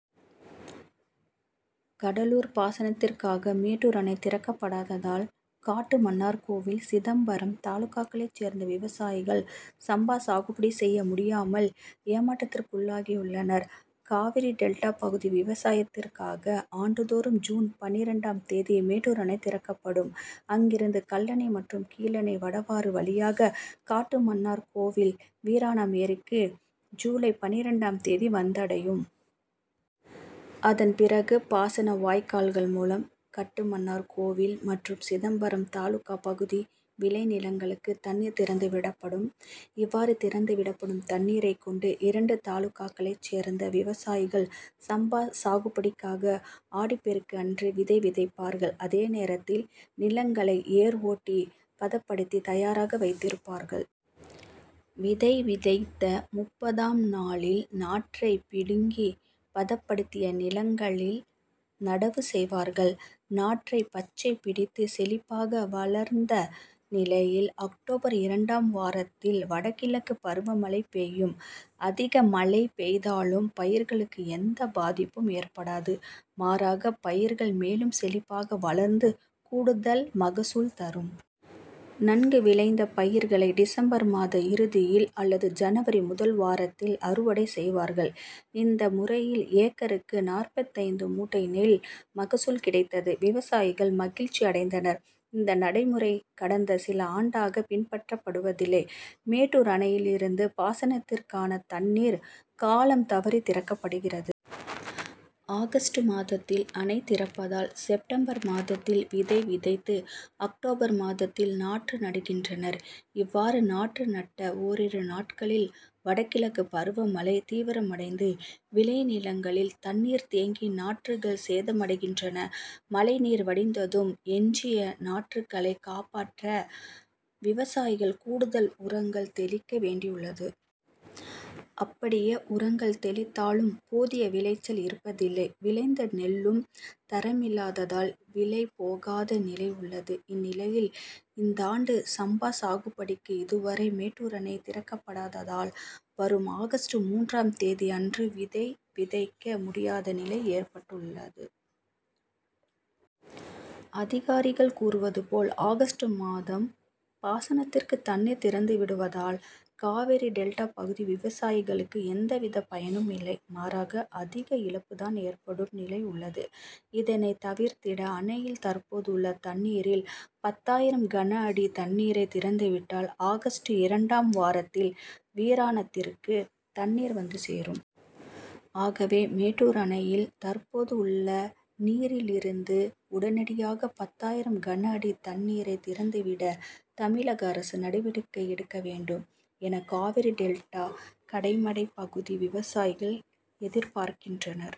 கடலூர் பாசனத்திற்காக மேட் டூர் அணை திறக்கப்படாததால் காட்டுமன்னார் கோவில், சிதம்பரம் தாலுகாக்களைச் சேர்ந்த விவசாயிகள் சம்பா சாகுபடி செய்ய முடியாமல் ஏமாற் றத்திற்குள்ளாகியுள்ளனர். காவிரி டெல்டா பகுதி விவசாயத்திற்காக ஆண்டு தோறும் ஜூன் பன்னிரண்டாம் தேதி மேட்டூர் அணை திறக்கப்படும். அங்கிருந்து கல்லணை மற்றும் கீழணை, வடவாறு வழியாக காட்டுமன்னார்கோவில் வீராணம் ஏரிக்கு ஜூலை பன்னிரண்டாம் தேதி வந்தடையும். அதன் பிறகு பாசன வாய்க்கால்கள் மூலம் கட்டுமன்னார்கோவில் மற்றும் சிதம்பரம் தாலுகா பகுதி விளை நிலங்களுக்கு தண்ணீர் திறந்து விடப்படும். இவ்வாறு திறந்து விடப்படும் தண்ணீரைக் கொண்டு இரண்டு தாலுகாக்களைச் சேர்ந்த விவசாயிகள் சம்பா சாகுபடிக்காக ஆடிப் பெருக்கு அன்று விதை விதைப்பார்கள். அதே நேரத்தில் நிலங் களை ஏர் ஓட்டி பதப்படுத்தி தயாராக வைத்திருப் பார்கள். விதை விதைத்த முப்பதாம் நாளில் நாற்றை பிடுங்கி பதப்படுத்திய நிலங்களில் நடவு செய் வார்கள். நாற்று பச்சை பிடித்து செழிப்பாக வளர்ந்த நிலையில் அக்டோபர் இரண் டாம் வாரத்தில் வடகிழக்கு பருவமழை பெய் யும். அதிக மழை பெய்தாலும், பயிர்களுக்கு எந்த பாதிப்பும் ஏற்படாது. மாறாக பயிர்கள் மேலும் செழிப்பாக வளர்ந்து கூடுதல் மகசூல் தரும். நன்கு விளைந்த பயிர்களை டிசம்பர் மாத இறுதியில் அல்லது ஜனவரி முதல் வாரத்தில் அறுவடை செய்வார்கள். இந்த முறையில் ஏக்கருக்கு நாற்பத்தைந்து மூட்டை நெல் மகசூல் கிடைத்தது. விவசாயிகள் மகிழ்ச்சி அடைந்தனர். இந்த நடைமுறை கடந்த சில ஆண்டாக பின்பற்றப்படுவதில்லை. மேட்டூர் அணையிலிருந்து பாசனத்திற்கான தண்ணீர் காலம் தவறி திறக்கப்படுகிறது. ஆகஸ்ட் மாதத்தில் அணை திறப்பதால் செப்டம்பர் மாதத்தில் விதை விதைத்து அக்டோபர் மாதத்தில் நாற்று நடுகின்றனர். இவ்வாறு நாற்று நட்ட ஓரிரு நாட்களில் வடகிழக்கு பருவமழை தீவிரமடைந்து விளை நிலங்களில் தண்ணீர் தேங்கி நாற்றுகள் சேதமடைகின்றன. மழை நீர் வடிந்ததும் எஞ்சிய நாற்றுகளை காப்பாற்ற விவசாயிகள் கூடுதல் உரங்கள் தெளிக்க வேண்டியுள்ளது. அப்படியே உரங் கள் தெளித்தாலும் போதிய விளைச்சல் இருப்பதில்லை. விளைந்த நெல் லும் தரமில்லாததால் விலை போகாத நிலை உள்ளது. இந்நிலையில் இந் தாண்டு சம்பா சாகுபடிக்கு இதுவரை மேட்டூர் அணை திறக்கப்படாததால், வரும் ஆகஸ்ட் மூன்றாம் தேதி அன்று விதை விதைக்க முடியாத நிலை ஏற்பட்டுள்ளது. அதிகாரிகள் கூறுவது போல் ஆகஸ்ட் மாதம் பாசனத்திற்கு தண்ணீர் திறந்து விடுவதால் காவிரி டெல்டா பகுதி விவசாயிகளுக்கு எந்த வித பயனும் இல்லை. மாறாக அதிக இழப்புதான் ஏற்படும் நிலை உள்ளது. இதனை தவிர்த்திட அணையில் தற்போது உள்ள தண்ணீரில் பத்தாயிரம் கனஅடி தண்ணீரை திறந்து விட்டால் ஆகஸ்ட் இரண் டாம் வாரத்தில் வீராணத் திற்கு தண்ணீர் வந்து சேரும். ஆகவே மேட்டூர் அணையில் தற் போது உள்ள நீரில் இருந்து உடனடியாக பத்தாயிரம் கன அடி தண்ணீரை திறந்து விட தமிழக அரசு நடவடிக்கை எடுக்க வேண்டும் என காவிரி டெல்டா கடைமடை பகுதி விவசாயிகள் எதிர்பார்க்கின்றனர்.